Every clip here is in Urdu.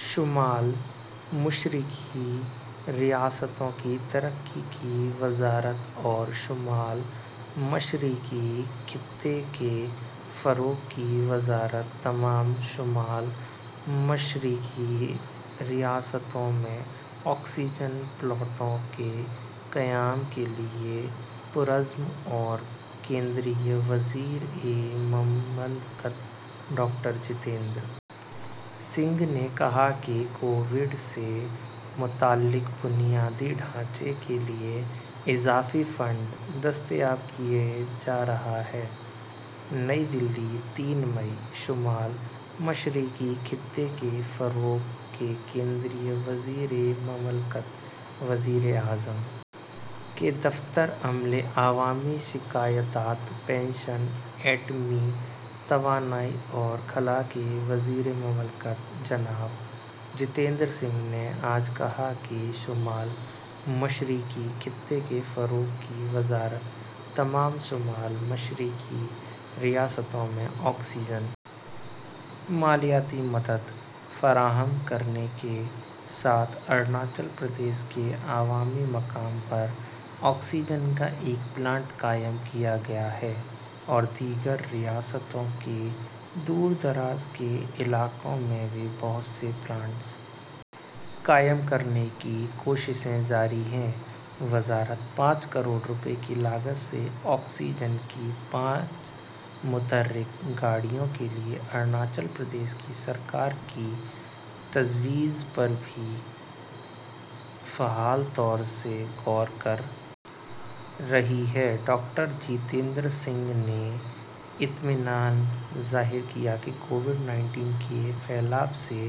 شمال مشرقی ریاستوں کی ترقی کی وزارت اور شمال مشرقی خطے کے فروغ کی وزارت تمام شمال مشرقی ریاستوں میں آکسیجن پلانٹوں کے قیام کے لیے پرعزم ہے مرکزی وزیر مملکت ڈاکٹر جتیندر سنگھ نے کہا کہ کووڈ سے متعلق بنیادی ڈھانچے کے لیے اضافی فنڈ دستیاب کیا جا رہا ہے نئی دہلی تین مئی شمال مشرقی خطے کے فروغ کے مرکزی وزیر مملکت وزیر اعظم کے دفتر عملے عوامی شکایات پنشن ایٹمی توانائی اور خلا کے وزیر مملکت جناب جتیندر سنگھ نے آج کہا کہ شمال مشرقی خطے کے فروغ کی وزارت تمام شمال مشرقی ریاستوں میں آکسیجن مالیاتی مدد فراہم کرنے کے ساتھ اروناچل پردیش کے عوامی مقام پر آکسیجن کا ایک پلانٹ قائم کیا گیا ہے اور دیگر ریاستوں کے دور دراز کے علاقوں میں بھی بہت سے پلانٹس قائم کرنے کی کوششیں جاری ہیں وزارت پانچ کروڑ روپے کی لاگت سے آکسیجن کی پانچ متحرک گاڑیوں کے لیے اروناچل پردیش کی سرکار کی تجویز پر بھی فعال طور سے غور کر رہی ہے ڈاکٹر جتیندر سنگھ نے اطمینان ظاہر کیا کہ کووڈ انیس کے پھیلاؤ سے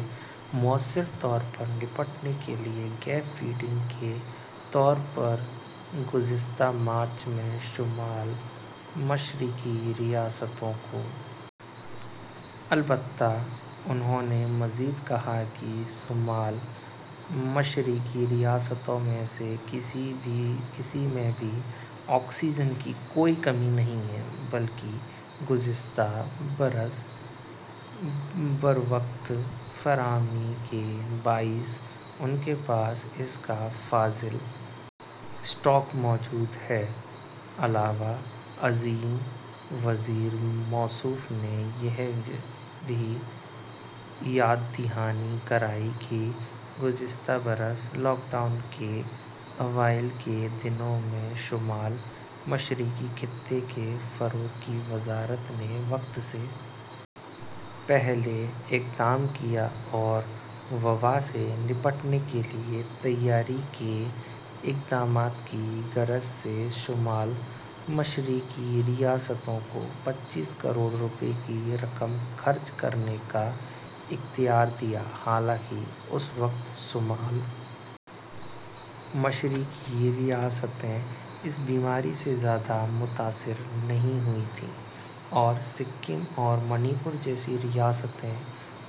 مؤثر طور پر نمٹنے کے لیے گیپ فنڈنگ کے طور پر گزشتہ مارچ میں شمال مشرقی ریاستوں کو البتہ انہوں نے مزید کہا کہ شمال مشرقی ریاستوں میں سے کسی میں بھی آکسیجن کی کوئی کمی نہیں ہے بلکہ گزشتہ برس بروقت فراہمی کے باعث ان کے پاس اس کا فاضل اسٹاک موجود ہے علاوہ ازیں وزیر موصوف نے یہ بھی یاد دہانی کرائی کہ گزشتہ برس لاک ڈاؤن کے اوائل کے دنوں میں شمال مشرقی خطے کے فروغ کی وزارت نے وقت سے پہلے اقدام کیے اور وبا سے نمٹنے کے لیے تیاری کے اقدامات کی غرض سے شمال مشرقی ریاستوں کو پچیس کروڑ روپے کی رقم خرچ کرنے کا اختیار دیا حالانکہ اس وقت شمال مشرقی ریاستیں اس بیماری سے زیادہ متاثر نہیں ہوئی تھیں اور سکم اور منی پور جیسی ریاستیں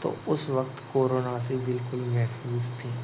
تو اس وقت کورونا سے بالکل محفوظ تھیں